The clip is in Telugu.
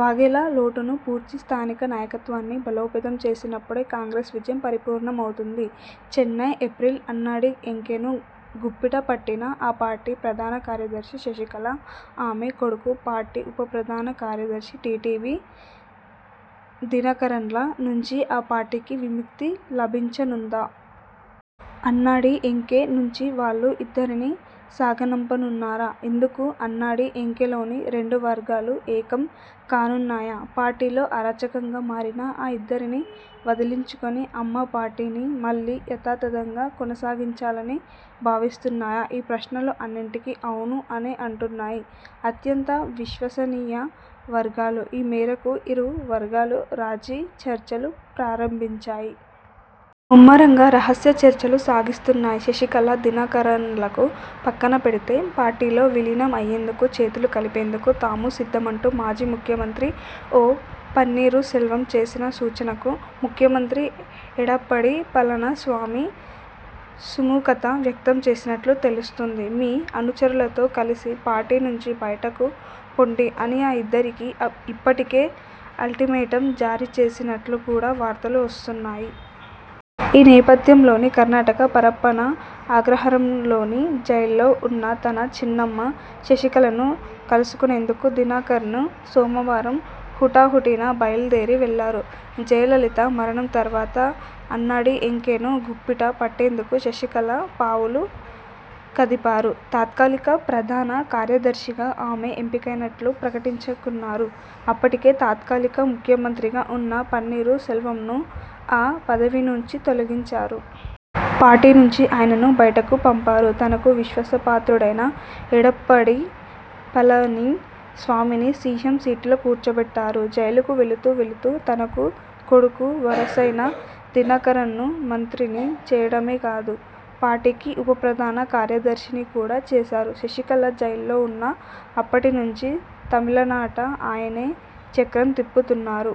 వాఘేలా లోటును పూడ్చి స్థానిక నాయకత్వాన్ని బలోపేతం చేసినప్పుడే కాంగ్రెస్ విజయం పరిపూర్ణమవుతుంది. చెన్నై, ఏప్రిల్: అన్నాడీఎంకేను గుప్పిట పట్టిన ఆ పార్టీ ప్రధాన కార్యదర్శి శశికళ, ఆమె 'కొడుకు', పార్టీ ఉప ప్రధాన కార్యదర్శి టీటీవీ దినకరన్ల నుంచి ఆ పార్టీకి విముక్తి లభించనుందా? అన్నాడీఎంకే నుంచి వాళ్లు ఇద్దరినీ సాగనంపనున్నారా? ఇందుకు అన్నాడీఎంకేలోని రెండు వర్గాలూ ఏకం కానున్నాయా? పార్టీలో అరాచకంగా మారిన ఆ ఇద్దరినీ వదిలించుకుని 'అమ్మ పార్టీ'ని మళ్లీ యథాతథంగా కొనసాగించాలని భావిస్తున్నాయా? ఈ ప్రశ్నలు అన్నింటికీ 'ఔను' అనే అంటున్నాయి అత్యంత విశ్వసనీయ వర్గాలు. ఈ మేరకు ఇరు వర్గాలూ రాజీ చర్చలు ప్రారంభించాయి. ముమ్మరంగా రహస్య చర్చలు సాగిస్తున్నాయి. శశికళ, దినకరన్లను పక్కన పెడితే పార్టీలో విలీనం అయ్యేందుకు, చేతులు కలిపేందుకు తాము సిద్ధమంటూ మాజీ ముఖ్యమంత్రి ఓ. పన్నీరు సెల్వం చేసిన సూచనకు ముఖ్యమంత్రి ఎడప్పాడి పళని స్వామి సుముఖత వ్యక్తం చేసినట్లు తెలుస్తోంది. 'మీ అనుచరులతో కలిసి పార్టీ నుంచి బయటకు పొండి' అని ఆ ఇద్దరికీ ఇప్పటికే అల్టిమేటం జారీ చేసినట్లు కూడా వార్తలు వస్తున్నాయి. ఈ నేపథ్యంలోనే, కర్ణాటక పరప్పన అగ్రహారంలోని జైల్లో ఉన్న తన చిన్నమ్మ శశికళను కలుసుకునేందుకు దినకరన్ సోమవారం హుటాహుటిన బయలుదేరి వెళ్లారు. జయలలిత మరణం తర్వాత అన్నాడీఎంకేను గుప్పిట పట్టేందుకు శశికళ పావులు కదిపారు. తాత్కాలిక ప్రధాన కార్యదర్శిగా ఆమె ఎంపికైనట్లు ప్రకటించుకున్నారు. అప్పటికే తాత్కాలిక ముఖ్యమంత్రిగా ఉన్న పన్నీరు సెల్వంను ఆ పదవి నుంచి తొలగించారు. పార్టీ నుంచి ఆయనను బయటకు పంపారు. తనకు విశ్వాసపాత్రుడైన ఎడప్పాడి పళని స్వామిని సీఎం సీటులో కూర్చోబెట్టారు. జైలుకు వెళుతూ వెళుతూ తనకు కొడుకు వరసైన దినకరన్ను మంత్రిని చేయడమే కాదు పార్టీకి ఉప ప్రధాన కార్యదర్శిని కూడా చేశారు. శశికళ జైల్లో ఉన్నా అప్పటి నుంచి తమిళనాట ఆయనే చక్రం తిప్పుతున్నారు.